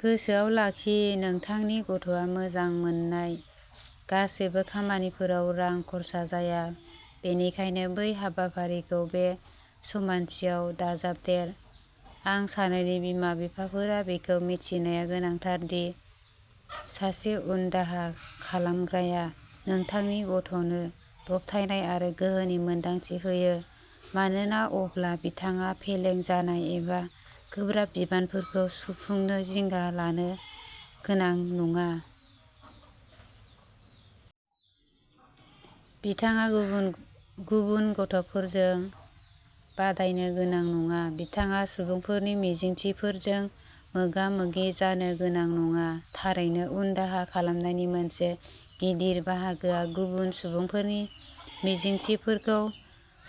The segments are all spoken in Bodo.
गोसोआव लाखि, नोंथांनि गथ'आ मोजां मोननाय गासैबो खामानिफोराव रां खरसा जाया, बेनिखायनो बै हाबाफोरखौ बे समानथियाव दाजाबदेर। आं सानो दि बिमा-बिफाफोरा बेखौ मिथिनाया गोनांथार दि सासे उनदाहा खालामग्राया नोंथांनि गथ'नो दबथायनाय आरो गोहोनि मोनदांथि होयो, मानोना अब्ला बिथाङा फेलें जानाय एबा गोब्राब बिबानफोरखौ सुफुंनो जिंगा लानो गोनां नङा। बिथाङा गुबुन गथ'फोरजों बादायनो गोनां नङा। बिथाङा सुबुंफोरनि मिजिंथिफोरजों मोगा-मोगि जानो गोनां नङा। थारैनो, उनदाहा खालामनायनि मोनसे गिदिर बाहागोआ गुबुन सुबुंफोरनि मिजिंथिफोरखौ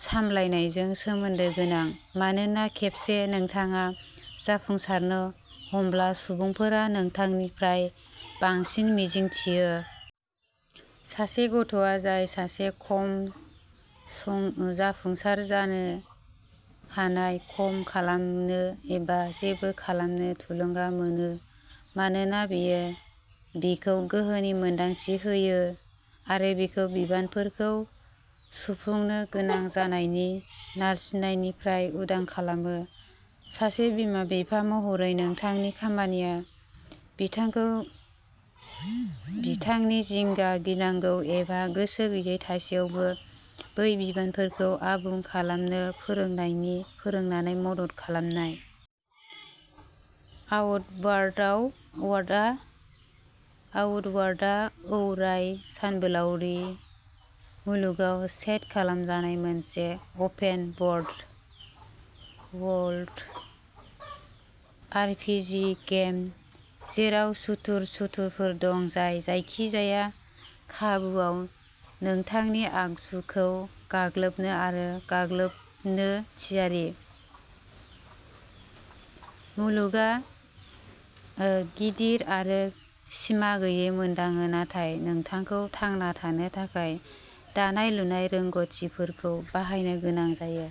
सामलायनायजों सोमोन्दो गोनां। मानोना खेबसे नोंथाङा जाफुंसारनो हमब्ला, सुबुंफोरा नोंथांनिफ्राय बांसिन मिजिंथियो। सासे गथ'आ जाय सासे खम जाफुंसार जानो हानाय, खम खालामनो एबा जेबो खालामनो थुलुंगा मोनो-मानोना बेयो बिखौ गोहोनि मोनदांथि होयो आरो बेखौ बिबानफोरखौ सुफुंनो गोनां जानायनि नारसिननायनिफ्राय उदां खालामो। सासे बिमा-बिफा महरै नोंथांनि खामानिया बिथांखौ बिथांनि जिंगा, गिनांगौ एबा गोसो गैयै थासेयावबो बै बिबानफोरखौ आबुं खालामनो फोरोंनानै मदद खालामनाय। आउटवार्डआ औराइ सानबोलावरि मुलुगाव सेट खालामजानाय मोनसे अपेन-वर्ल्ड आरपीजी गेम जेराव सुथुर सुथुरफोर दं जाय जायखिजाया खाबुवाव नोंथांनि आगजुखौ गाग्लोबनो आरो गाग्लोबनो थियारि। मुलुगआ गिदिर आरो सिमा गैयै मोनदाङो नाथाय नोंथांखौ थांना थानो थाखाय दानाय-लुनाय रोंग'थिफोरखौ बाहायनो गोनां जायो।